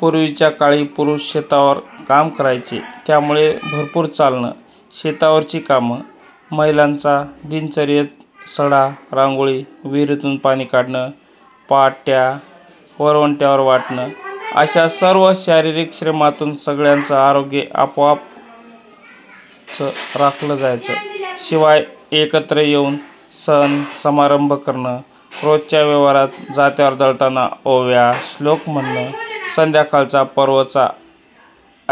पूर्वीच्या काळी पुरुष शेतावर काम करायचे त्यामुळे भरपूर चालणं, शेतावरची कामं, महिलांचा दिनचर्येत सडा, रांगोळी, विहिरीतून पाणी काढणं, पा ट्या – वरवंट्यावर वाटणं अशा सर्व शारीरिक श्रमांतून सगळ्यांच आरोग्य आपोआपच राखलं जायचं. शिवाय एकत्र येऊन सण समारंभ करणं, रोजच्या व्यवहारात जात्यावर दळताना ओव्या, श्लोक म्हणणं संध्याकाळचा पर्वचा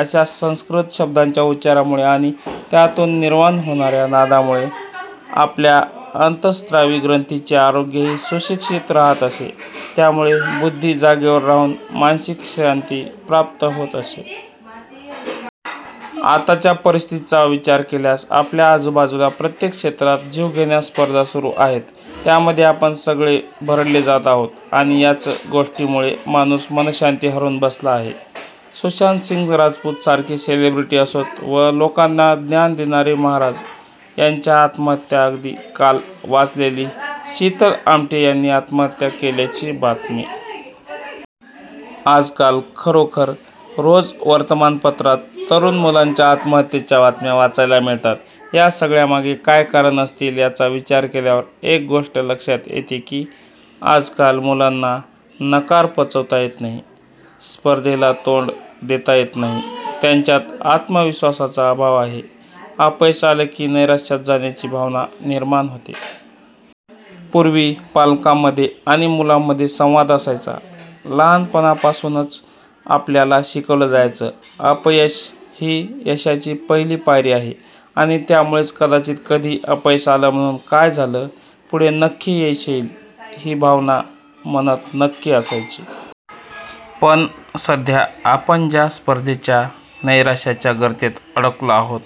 अशा संस्कृत शब्दांच्या उच्चारामुळे आणि त्यातून निर्माण होणाऱ्या नादामुळे आपल्या अंत: स्रावी ग्रंथीं चे आरोग्यही सुस्थितीत राहात असे, त्यामुळे बुद्धी जागेवर राहून मानसिक शांती प्राप्त होत असे. आत्ताच्या परिस्थितीचा विचार केल्यास आपल्या आजूबाजूला प्रत्येक क्षेत्रात जीवघेण्या स्पर्धा सुरू आहेत त्यामध्ये आपण सगळे भरडले जात आहोत आणि याच गोष्टींमुळे माणूस मनःशांती हरवून बसला आहे. सुशांत सिंग राजपूत सारखे सेलिब्रिटी असोत व लोकांना ज्ञान देणारे महाराज यांच्या आत्महत्या अगदी काल वाचलेली शीतल आमटे यांनी आत्महत्या केल्याची बातमी. आजकाल खरोखर रोज वर्तमानपत्रांत तरुण मुलांच्या आत्महत्येच्या बातम्या वाचायला मिळतात. या सगळ्यामागे काय कारणं असतील याचा विचार केल्यावर एक गोष्ट लक्षात येते की आजकाल मुलांना नकार पचवता येत नाही, स्पर्धेला तोंड देता येत नाही, त्यांच्यात आत्मविश्वासाचा अभाव आहे, अपयश आलं की नैराश्यात जाण्याची भावना निर्माण होते. पूर्वी पालकांमध्ये आणि मुलांमध्ये संवाद असायचा, लहानपणापासूनच आपल्याला शिकवलं जायचं – अपयश ही यशाची पहिली पायरी आहे आणि त्यामुळेच कदाचित कधी अपयश आलं म्हणून काय झालं, पुढे नक्की यश येईल ही भावना मनात नक्की असायची. पण सध्या आपण ज्या स्पर्धेच्या, नैराश्याच्या गर्तेत अडकलो आहोत,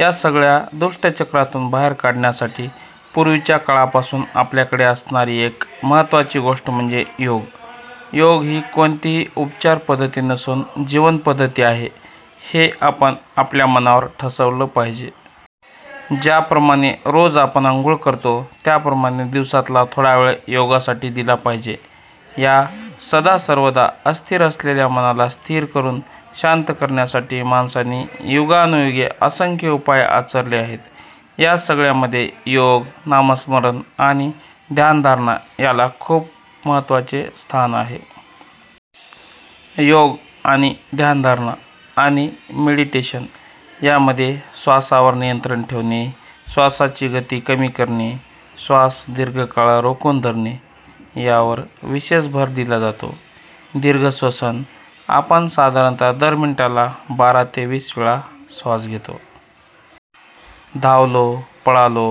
या सगळ्या दुष्टचक्रातून बाहेर काढण्यासाठी पूर्वीच्या काळापासून आपल्याकडे असणारी एक महत्त्वाची गोष्ट म्हणजे योग. योग ही कोणतीही उपचार पध्दती नसून जीवनपद्धती आहे हे आपण आपल्या मनावर ठसवल पाहिजे. ज्याप्रमाणे रोज आपण अंघोळ करतो त्याप्रमाणे दिवसातला थोडा वेळ योगासाठी दिला पाहिजे. या सदासर्वदा अस्थिर असलेल्या मनाला स्थिर करून शांत करण्यासाठी माणसांनी युगानयुगे असंख्य उपाय आचरले आहेत या सगळ्यामध्ये योग, नामस्मरण आणि ध्यानधारणा याला खूप महत्त्वाचे स्थान आहे. योग आणि ध्यानधारणा किंवा मेडिटेशन यामध्ये श्वासावर नियंत्रण ठेवणे श्वासाची गती कमी करणे, श्वास दीर्घकाळ रोखून धरणे यावर विशेष भर दिला जातो. दीर्घ श्वसन – आपण साधारणतः दर मिनिटाला बारा ते वीस वेळा श्वास घेतो. धावलो, पळालो,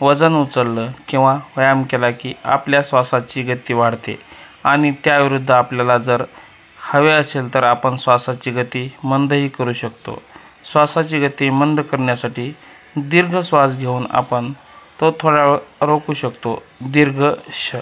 वजन उचललं किंवा व्यायाम केला की आपल्या श्वासाची गती वाढते. आणि त्याविरुद्ध आपल्याला जर हवे असेल तर आपण श्वासाची गती मंदही करु शकतो. श्वासाची गती मंद करण्यासाठी दीर्घ श्वास घेऊन आपण तो थोडावेळ रोखू शकतो. दीर्घ श्